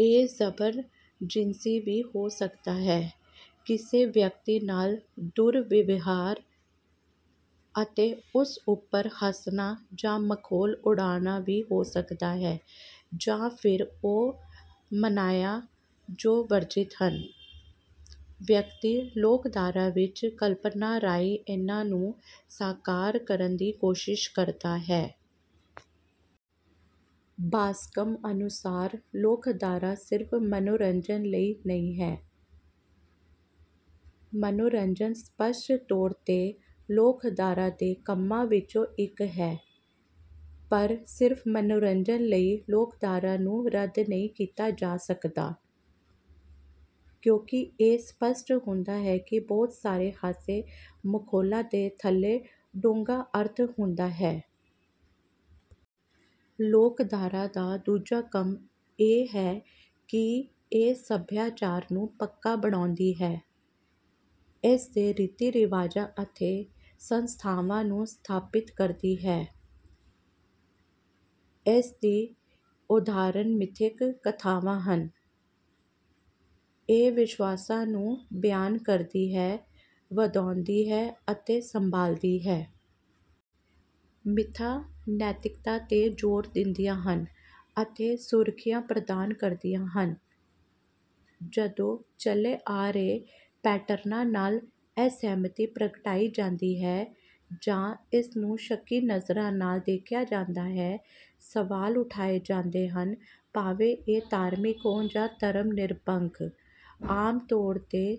ਇਹ ਜ਼ਬਰ ਜਿਨਸੀ ਵੀ ਹੋ ਸਕਦਾ ਹੈ, ਕਿਸੇ ਵਿਅਕਤੀ ਨਾਲ ਦੁਰਵਿਵਹਾਰ ਅਤੇ ਉਸ ਉਪਰ ਹੱਸਣਾ ਜਾਂ ਮਖੌਲ ਉਡਾਉਣਾ ਵੀ ਹੋ ਸਕਦਾ ਹੈ, ਜਾਂ ਫਿਰ ਉਹ ਮਨਾਹੀਆਂ ਜੋ ਵਰਜਿਤ ਹਨ। ਵਿਅਕਤੀ ਲੋਕਧਾਰਾ ਵਿੱਚ ਕਲਪਨਾ ਰਾਹੀਂ ਇਹਨਾਂ ਨੂੰ ਸਾਕਾਰ ਕਰਨ ਦੀ ਕੋਸ਼ਿਸ਼ ਕਰਦਾ ਹੈ। ਬਾਸਕਮ ਅਨੁਸਾਰ ਲੋਕਧਾਰਾ ਸਿਰਫ ਮਨੋਰੰਜਨ ਲਈ ਨਹੀਂ ਹੈ। ਮਨੋਰੰਜਨ ਸਪੱਸ਼ਟ ਤੌਰ ਤੇ ਲੋਕਧਾਰਾ ਦੇ ਕੰਮਾਂ ਵਿੱਚੋਂ ਇੱਕ ਹੈ ਪਰ ਸਿਰਫ ਮਨੋਰੰਜਨ ਲਈ ਲੋਕਧਾਰਾ ਨੂੰ ਰੱਦ ਨਹੀਂ ਕੀਤਾ ਜਾ ਸਕਦਾ। ਕਿਉਂਕਿ ਇਹ ਸਪੱਸ਼ਟ ਹੁੰਦਾ ਹੈ ਕਿ ਬਹੁਤ ਸਾਰੇ ਹਾਸੇ ਮਖੌਲਾਂ ਦੇ ਥੱਲੇ ਡੂੰਘਾ ਅਰਥ ਹੁੰਦਾ ਹੈ। ਲੋਕਧਾਰਾ ਦਾ ਦੂਜਾ ਕੰਮ ਇਹ ਹੈ ਕਿ ਇਹ ਸਭਿਆਚਾਰ ਨੂੰ ਪੱਕਾ ਬਣਾਉਂਦੀ ਹੈ, ਇਸਦੇ ਰੀਤੀ ਰਿਵਾਜਾਂ ਅਤੇ ਸੰਸਥਾਵਾਂ ਨੂੰ ਸਥਾਪਿਤ ਕਰਦੀ ਹੈ। ਇਸਦੀ ਉਦਾਹਰਣ ਮਿਥਿਕ ਕਥਾਵਾਂ ਹਨ। ਇਹ ਵਿਸ਼ਵਾਸਾਂ ਨੂੰ ਬਿਆਨ ਕਰਦੀ ਹੈ, ਵਧਾਉਂਦੀ ਹੈ ਅਤੇ ਸੰਭਾਲਦੀ ਹੈ। ਮਿਥਾਂ ਨੈਤਿਕਤਾ ਤੇ ਜ਼ੋਰ ਦਿੰਦੀਆਂ ਹਨ ਅਤੇ ਸੁਰੱਖਿਆ ਪ੍ਰਦਾਨ ਕਰਦੀਆਂ ਹਨ। ਜਦੋਂ ਚਲੇ ਆ ਰਹੇ ਪੈਟਰਨਾਂ ਨਾਲ ਅਸਹਿਮਤੀ ਪ੍ਰਗਟਾਈ ਜਾਂਦੀ ਹੈ ਜਾਂ ਇਸਨੂੰ ਸ਼ੱਕੀ ਨਜ਼ਰਾਂ ਨਾਲ ਦੇਖਿਆ ਜਾਂਦਾ ਹੈ, ਸਵਾਲ ਉਠਾਏ ਜਾਂਦੇ ਹਨ, ਭਾਵੇਂ ਇਹ ਧਾਰਮਿਕ ਹੋਣ ਜਾਂ ਧਰਮ ਨਿਰਪੱਖ, ਆਮ ਤੌਰ ਤੇ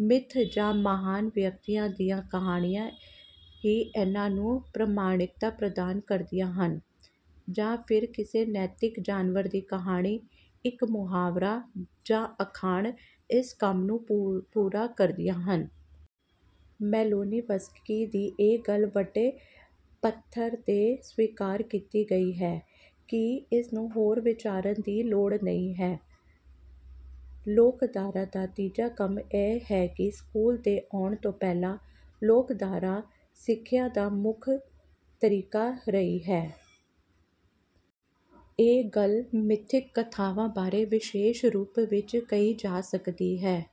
ਮਿੱਥ ਜਾਂ ਮਹਾਨ ਵਿਅਕਤੀਆਂ ਦੀਆਂ ਕਹਾਣੀਆਂ ਹੀ ਇਹਨਾਂ ਨੂੰ ਪ੍ਰਮਾਣਿਕਤਾ ਪ੍ਰਦਾਨ ਕਰਦੀਆਂ ਹਨ ਜਾਂ ਫਿਰ ਕਿਸੇ ਨੈਤਿਕ ਜਾਨਵਰ ਦੀ ਕਹਾਣੀ, ਇੱਕ ਮੁਹਾਵਰਾ ਜਾਂ ਅਖਾਣ, ਇਸ ਕੰਮ ਨੂੰ ਪੂਰਾ ਕਰਦੀਆਂ ਹਨ। ਮੈਲੀਨੋਵਸਕੀ ਦੀ ਇਹ ਗੱਲ ਵੱਡੇ ਪੱਧਰ ਤੇ ਸਵੀਕਾਰ ਕੀਤੀ ਗਈ ਹੈ ਕਿ ਇਸਨੂੰ ਹੋਰ ਵਿਚਾਰਨ ਦੀ ਲੋੜ ਨਹੀਂ ਹੈ। ਲੋਕਧਾਰਾ ਦਾ ਤੀਜਾ ਕੰਮ ਇਹ ਹੈ ਕਿ ਸਕੂਲ ਦੇ ਆਉਣ ਤੋਂ ਪਹਿਲਾਂ, ਲੋਕਧਾਰਾ ਸਿੱਖਿਆ ਦਾ ਮੁੱਖ ਤਰੀਕਾ ਰਹੀ ਹੈ। ਇਹ ਗੱਲ ਮਿਥਿਕ ਕਥਾਵਾਂ ਬਾਰੇ ਵਿਸ਼ੇਸ਼ ਰੂਪ ਵਿੱਚ ਕਹੀ ਜਾ ਸਕਦੀ ਹੈ।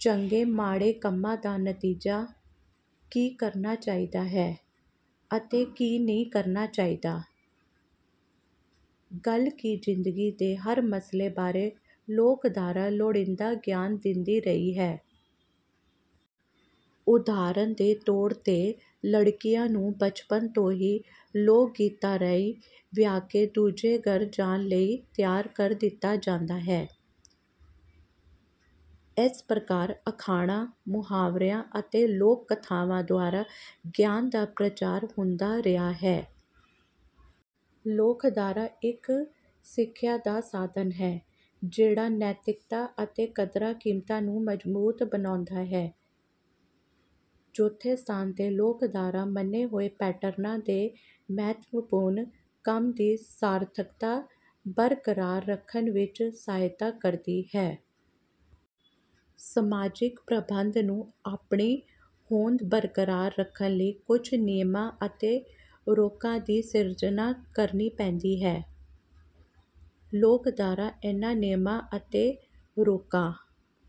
ਚੰਗੇ ਮਾੜੇ ਕੰਮਾਂ ਦਾ ਨਤੀਜਾ, ਕੀ ਕਰਨਾ ਚਾਹੀਦਾ ਹੈ ਅਤੇ ਕੀ ਨਹੀਂ ਕਰਨਾ ਚਾਹੀਦਾ। ਗੱਲ ਕੀ ਜ਼ਿੰਦਗੀ ਦੇ ਹਰ ਮਸਲੇ ਬਾਰੇ ਲੋਕਧਾਰਾ ਲੋੜੀਂਦਾ ਗਿਆਨ ਦਿੰਦੀ ਰਹੀ ਹੈ। ਉਦਾਹਰਣ ਦੇ ਤੌਰ ਤੇ ਲੜਕੀਆਂ ਨੂੰ ਬਚਪਨ ਤੋਂ ਹੀ ਲੋਕ ਗੀਤਾਂ ਰਾਹੀਂ ਵਿਆਹ ਕੇ ਦੂਜੇ ਘਰ ਜਾਣ ਲਈ ਤਿਆਰ ਕਰ ਦਿੱਤਾ ਜਾਂਦਾ ਹੈ। ਇਸ ਪ੍ਰਕਾਰ ਅਖਾਣਾਂ, ਮੁਹਾਵਰਿਆਂ ਅਤੇ ਲੋਕ ਕਥਾਵਾਂ ਦੁਆਰਾ ਗਿਆਨ ਦਾ ਪ੍ਰਚਾਰ ਹੁੰਦਾ ਰਿਹਾ ਹੈ। ਲੋਕਧਾਰਾ ਇੱਕ ਸਿੱਖਿਆ ਦਾ ਸਾਧਨ ਹੈ ਜਿਹੜਾ ਨੈਤਿਕਤਾ ਅਤੇ ਕਦਰਾਂ ਕੀਮਤਾਂ ਨੂੰ ਮਜ਼ਬੂਤ ਬਣਾਉਂਦਾ ਹੈ। ਚੌਥੇ ਸਥਾਨ ਤੇ ਲੋਕਧਾਰਾ ਮੰਨੇ ਹੋਏ ਪੈਟਰਨਾਂ ਦੇ ਮਹੱਤਵਪੂਰਨ ਕੰਮ ਦੀ ਸਾਰਥਕਤਾ ਬਰਕਰਾਰ ਰੱਖਣ ਵਿੱਚ ਸਹਾਇਤਾ ਕਰਦੀ ਹੈ। ਸਮਾਜਿਕ ਪ੍ਰਬੰਧ ਨੂੰ ਆਪਣੀ ਹੋਂਦ ਬਰਕਰਾਰ ਰੱਖਣ ਲਈ ਕੁਝ ਨਿਯਮਾਂ ਅਤੇ ਰੋਕਾਂ ਦੀ ਸਿਰਜਣਾ ਕਰਨੀ ਪੈਂਦੀ ਹੈ। ਲੋਕਧਾਰਾ ਇਹਨਾਂ ਨਿਯਮਾਂ ਅਤੇ ਰੋਕਾਂ